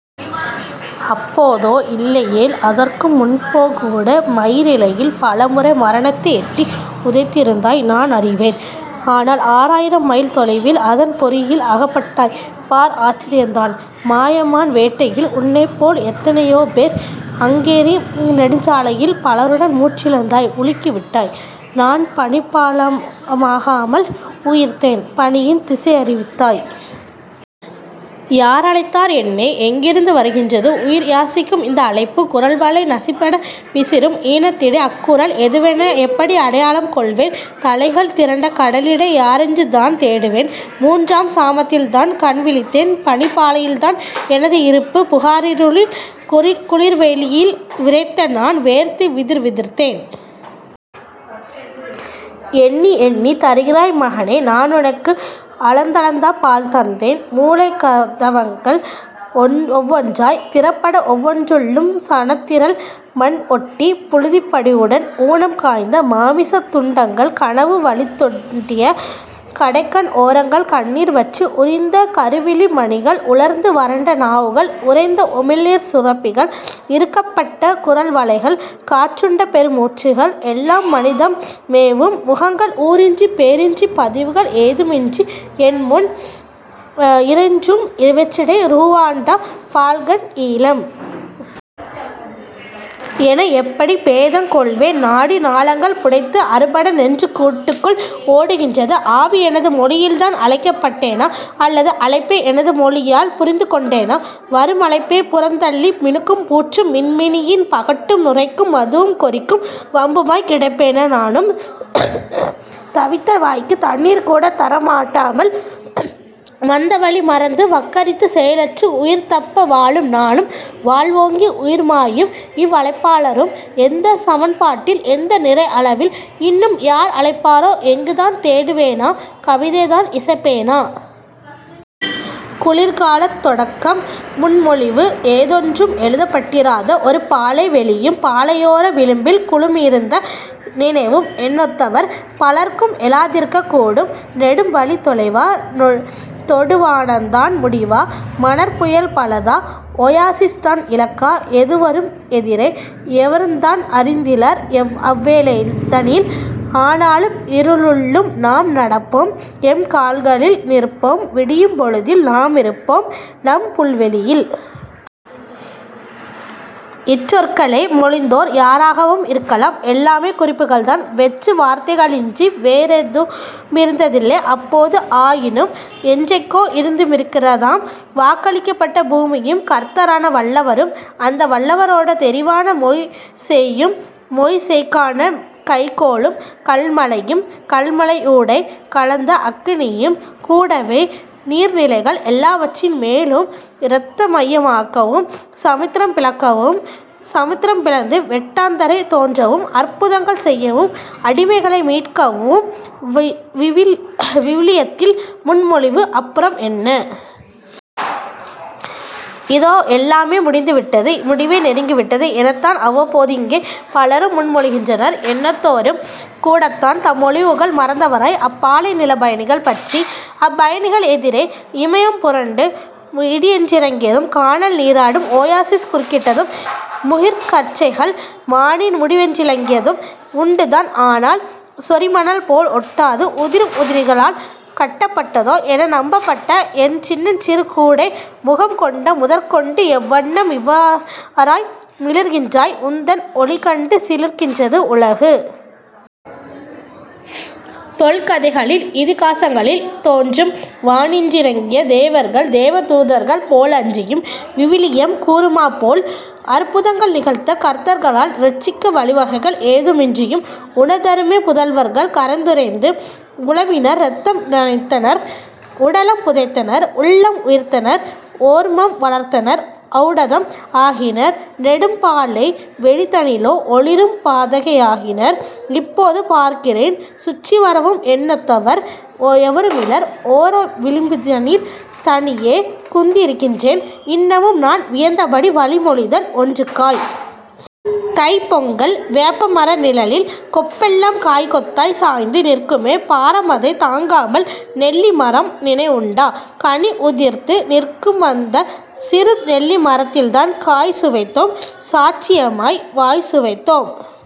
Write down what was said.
அப்போதோ இல்லையேல் அதற்கும் முன்போகூட மயிரிழையில் பலமுறை மரணத்தை எட்டி உதைத்திருந்தாய் நான் அறிவேன். ஆனால் ஆறாயிரம் மைல் தொலைவில் அதன் பொறியில் அகப்பட்டாய் பார் ஆச்சரியந்தான். மாயமான் வேட்டையில் உன்னைப்போல் எத்தனையோபேர் ஹங்கேரி நெடுஞ்சாலையில் பலருடன் மூச்சிழந்தாய் உலுக்கிவிட்டாய் நான் பனிப்பாளமாகாமல் உயிர்த்தேன் பணியின் திசையறிவித்தாய். யாரழைத்தார் என்னை? எங்கிருந்து வருகின்றது உயிர்யாசிக்கும் இந்த அழைப்பு குரல்வளை நசிபட பிசிறும் ஈனத்திடை அக்குரல் எதுவென எப்படி அடையாளம் கொள்வேன் தலைகள் திரண்ட கடலிடை யாரென்றுதான் தேடுவேன் மூன்றாம் சாமத்தில்தான் கண்விழித்தேன் பனிப்பாலையில்தான் எனது இருப்பு புகாரிருளில் குளிர்வெளியில் விறைத்த நான் வேர்த்து விதிர்விதிர்த்தேன் எண்ணியெண்ணி தருகிறாய் மகனே நானுனக்கு அளந்தளந்தா பால் தந்தேன் மூளைக்கதவங்கள் ஒவ்வொன்றாய் திறபட ஒவ்வொன்றுள்ளும் சனத்திரள் மண்ஒட்டி புழுதிப்படிவுடன் ஊனம் காய்ந்த மாமிசத்துண்டங்கள் கனவு வழிந்தொட்டிய கடைக்கண் ஓரங்கள் கண்ணீர்வற்றி உரிந்த கருவிழி மணிகள் உலர்ந்து வரண்ட நாவுகள் உறைந்த உமிழ்நீர் சுரப்பிகள் இறுக்கப்பட்ட குரல்வளைகள் காற்றுண்ட பெருமூச்சுகள் எல்லாம் மனிதம் மேவும் முகங்கள் ஊரின்றி பேரின்றி பதிவுகள் ஏதுமின்றி என்முன் இறைஞ்சும் இவற்றிடை ரூவாண்டா பால்கன் ஈழம்... என எப்படிப் பேதங் கொள்வேன். நாடி நாளங்கள் புடைத்து அறுபட நெஞ்சக்கூட்டுக்குள் ஒடுங்குகின்றது ஆவி எனது மொழியில்தான் அழைக்கப்பட்டேனா? அல்லது அழைப்பை எனது மொழியால் புரிந்துகொண்டேனா? வருமழைப்பைப் புறந்தள்ளி மினுக்கும் பூச்சும் மின்மினியின் பகட்டும் நுரைக்கும் மதுவும் கொறிக்கும் வம்புமாய் கிடப்பேனா நானும். தவித்த வாய்க்கு தண்ணீர்கூட தரமாட்டாமல் வந்தவழி மறந்து வக்கரித்து செயலற்று உயிர்தப்ப வாழும் நானும் வாழ்வோங்கி உயிர்மாயும் இவ்வழைப்பாளரும் எந்தச் சமன்பாட்டில் எந்த நிறையளவில் இன்னும் யார் அழைப்பாரோ எங்குந்தான் தேடுவேனோ கவிதைதான் இசைப்பேனோ...? குளிர்காலத் தொடக்கம் முன்மொழிவு ஏதொன்றும் எழுதப்பட்டிராத ஒருபாலை வெளியும் பாலையோர விளிம்பில் குழுமியிருந்த நினைவும் என்னொத்தவர் பலர்க்கும் எழாதிருக்கக் கூடும்! நெடும்வழித் தொலைவா? தொடுவானந்தான் முடிவா? மணற்புயல் பலதா? ஒயாசிஸ்தான் இலக்கா? எதுவரும் எதிரே...? எவருந்தான் அறிந்திலர் அவ்வேளைதனில்; ஆனாலும் இருளுள்ளும் நாம் நடப்போம் எம்கால்களில் நிற்போம் விடியும்பொழுதில் நாமிருப்போம் நம் புல்வெளியில்... இச்சொற்களை மொழிந்தோர் யாராகவும் இருக்கலாம் எல்லாமே குறிப்புகள்தான் வெற்று வார்த்தைகளன்றி வேறெதுமிருந்ததில்லை அப்போது. ஆயினும் என்றைக்கோ இருந்துமிருக்கிறதாம் வாக்களிக்கப்பட்ட பூமியும் கர்த்தரான வல்லவரும் அந்த வல்லவரோட தெரிவான மொய்சேயும் மொய்சேக்கான கைக்கோலும் கல்மழையும் கல்மழையூடே கலந்த அக்கினியும் கூடவே நீர்நிலைகள் எல்லாவற்றின் மேலும் இரத்தமயமாக்கவும் சமுத்திரம் பிளக்கவும் சமுத்திரம் பிளந்து வெட்டாந்தரை தோன்றவும் அற்புதங்கள் செய்யவும் அடிமைகளை மீட்கவும் விவிலியத்தில் முன்மொழிவு அப்புறம் என்ன...? இதோ எல்லாமே முடிந்து விட்டது முடிவை நெருங்கிவிட்டது எனத்தான் அவ்வப்போதிங்கே பலரும் முன்மொழிகின்றனர் என்னொத்தோரும் கூடத்தான் தம்மொழிவுகள் மறந்தவராய் அப்பாலை நிலப்பயணிகள் பற்றி... அப்பயணிகள் எதிரே இமயம் புரண்டு இடியென்றிறங்கியதும் கானல் நீராடும் ஒயாசிஸ் குறுக்கிட்டதும் முகிற்கற்றைகள் வானின் முடிவென்றிலங்கியதும் உண்டுதான் ஆனால்... சொரிமணல் போல் ஒட்டாது உதிரும் உதிரிகளால் கட்டப்பட்டதோ என நம்பப்பட்ட என் சின்னஞ்சிறு கூடே முகம் கொண்ட முதற்கொண்டு எவ்வண்ணம் இவ்வாறாய் மிளிர்கின்றாய் உந்தன் ஒளிகண்டு சிலிரிக்கின்றது உலகு. தொல்கதைகளில் இதிகாசங்களில் தோன்றும் வானின்றிறங்கிய தேவர்கள் தேவதூதர்கள் போலன்றியும் விவிலியம் கூறுமாப்போல் அற்புதங்கள் நிகழ்த்த கர்த்தர்களால் இரட்சிக்க வழிவகைகள் ஏதுமின்றியும் உனதருமைப் புதல்வர்கள் கரந்துறைந்து உலவினர் இரத்தம் நனைத்தனர் உடலம் புதைத்தனர் உள்ளம் உயிர்த்தனர் ஓர்மம் வளர்த்தனர் ஓளடதம் ஆகினர் நெடும்பாலை வெளிதனிலோ ஒளிரும் பாதையாகினர் இப்போது பார்க்கிறேன் சுற்றிவரவும் என்னொத்தவர் எவருமிலர் ஓர விளிம்பதனில் தனியே குந்தியிருக்கின்றேன் இன்னமும் நான் வியந்தபடி வழிமொழிதல் ஒன்றுக்காய்..! தைப்பொங்கல், வேப்பமர நிழலில் கொப்பெல்லாம் காய்க்கொத்தாய் சாய்ந்து நிற்குமே பாரமதைத் தாங்காமல் நெல்லி மரம் நினைவுண்டா? கனி உதிர்த்து நிற்குமந்த சிறு நெல்லி மரத்தில்தான் காய் சுவைத்தோம். சாட்சியமாய் வாய் சுவைத்தோம்.